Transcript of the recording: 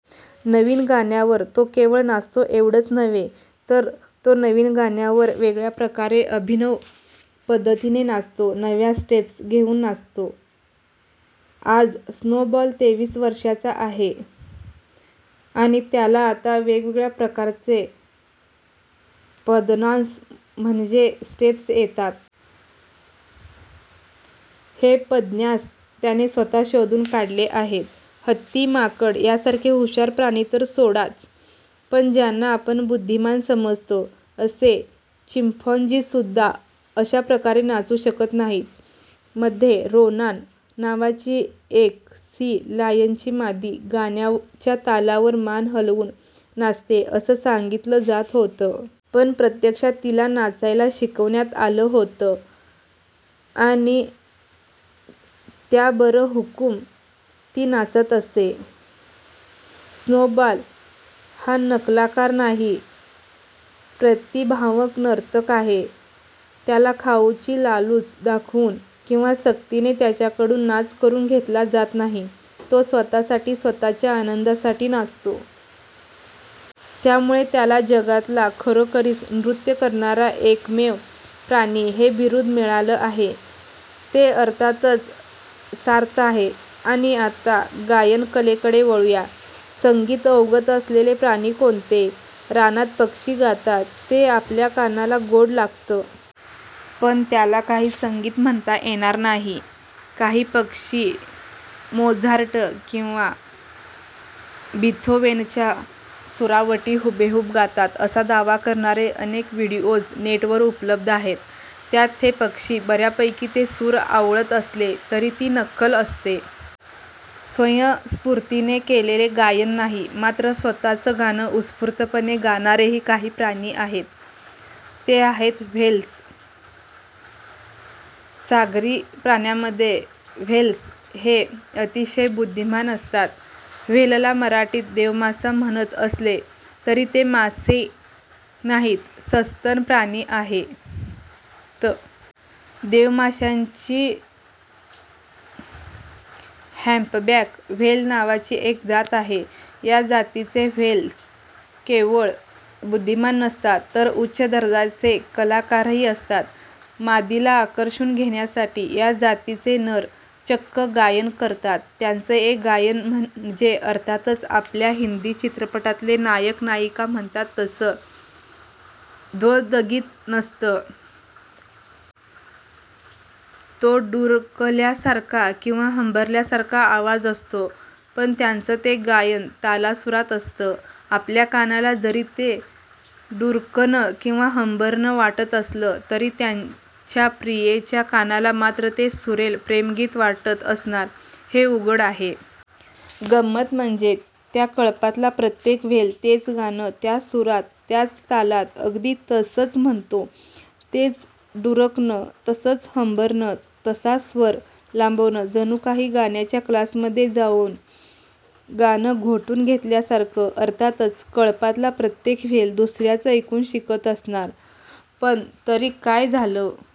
नवीन गाण्यावर तो केवळ नाचतो एवढंच नव्हे, तर तो नवीन गाण्यांवर वेगळ्या प्रकारे, अभिनव पद्धतीने नाचतो. नव्या स्टेप्स घेऊन नाचतो. आज स्नोबॉल तेवीस वर्षांचा आहे आणि त्याला आता वेगवेगळ्या प्रकारचे पदन्यास म्हणजे स्टेप्स येतात. हे पदन्यास त्याने स्वतः शोधून काढले आहेत. हत्ती, माकड यासारखे हुशार प्राणी तर सोडाच, पण ज्यांना आपण बुद्धिमान समजतो असे चिपॅन्झीसुद्धा अशा प्रकारे नाचू शकत नाहीत. मध्ये 'रोनान' नावाची एक सी लायनची मादी गाण्याच्या तालावर मान हलवून 'नाचते' असं सांगितलं जात होतं. पण प्रत्यक्षात तिला नाचायला शिकवण्यात आलं होतं आणि त्याबरहुकूम ती नाचत असे. स्नोबॉल हा नकलाकार नाही, प्रतिभावंत नर्तक आहे. त्याला खाऊची लालूच दाखवून किंवा सक्तीने त्याच्याकडून नाच करून घेतला जात नाही. तो स्वतःसाठी, स्वतःच्या आनंदासाठी नाचतो. त्यामुळे त्याला 'जगातला खरोखरीच नृत्य करणारा एकमेव प्राणी' हे बिरुद मिळालं आहे. ते अर्थातच सार्थ आहे. आणि आता गायनकलेकडे वळूया. संगीत अवगत असलेले प्राणी कोणते? रानात पक्षी गातात. ते आपल्या कानाला गोड लागतं. पण त्याला काही संगीत म्हणता येणार नाही. काही पक्षी मोझार्ट किंवा बीथोवेनच्या सुरावटी हुबेहूब गातात, असा दावा करणारे अनेक व्हिडिओज नेटवर उपलब्ध आहेत. त्यात ते पक्षी बर्यापैकी ते सूर आळवत असले तरी ती नक्कल असते. स्वयंस्फूर्तीने केलेले गायन नाही. मात्र स्वतःचं गाणं उत्स्फूर्तपणे गाणारेही काही प्राणी आहेत. ते आहेत व्हेल्स. सागरी प्राण्यामध्ये व्हेल्स हे अतिशय बुद्धिमान असतात. व्हेलला मराठीत देवमासा म्हणत असले तरी ते मासे नाहीत, सस्तन प्राणी आहेत. देवमाशांची हम्पबॅक व्हेल नावाची एक जात आहे. या जातीचे व्हेल्स केवळ बुद्धिमान नसतात, तर उच्च दर्जाचे कलाकारही असतात. मादीला आकर्षून घेण्यासाठी या जातीचे नर चक्क गायन करतात. त्यांचं हे गायन म्हणजे अर्थातच आपल्या हिन्दी चित्रपटातले नायक-नायिका म्हणतात तसं द्वंदगीत नसतं. तो डुरकल्यासारखा किंवा हंबरल्यासारखा आवाज असतो. पण त्यांचं ते गायन तालासुरात असतं. आपल्या कानाला जरी ते डुरकणं किंवा हंबरणं वाटत असलं तरी त्याच्या प्रियेच्या कानाला मात्र ते सुरेल प्रेमगीत वाटत असणार हे उघड आहे. गंमत म्हणजे त्या कळपातला प्रत्येक व्हेल तेच गाणं, त्याच सुरांत, त्याच तालात, अगदी तस्संच म्हणतो. तेच डुरकणं, तसंच हंबरणं, तसाच स्वर लांबवणं. जणू काही गाण्याच्या क्लासमध्ये जाऊन गाणं घोटून घेतल्यासारखं! अर्थातच कळपातला प्रत्येक व्हेल दुसर्याचं ऐकून शिकत असणार. पण तरी काय झालं?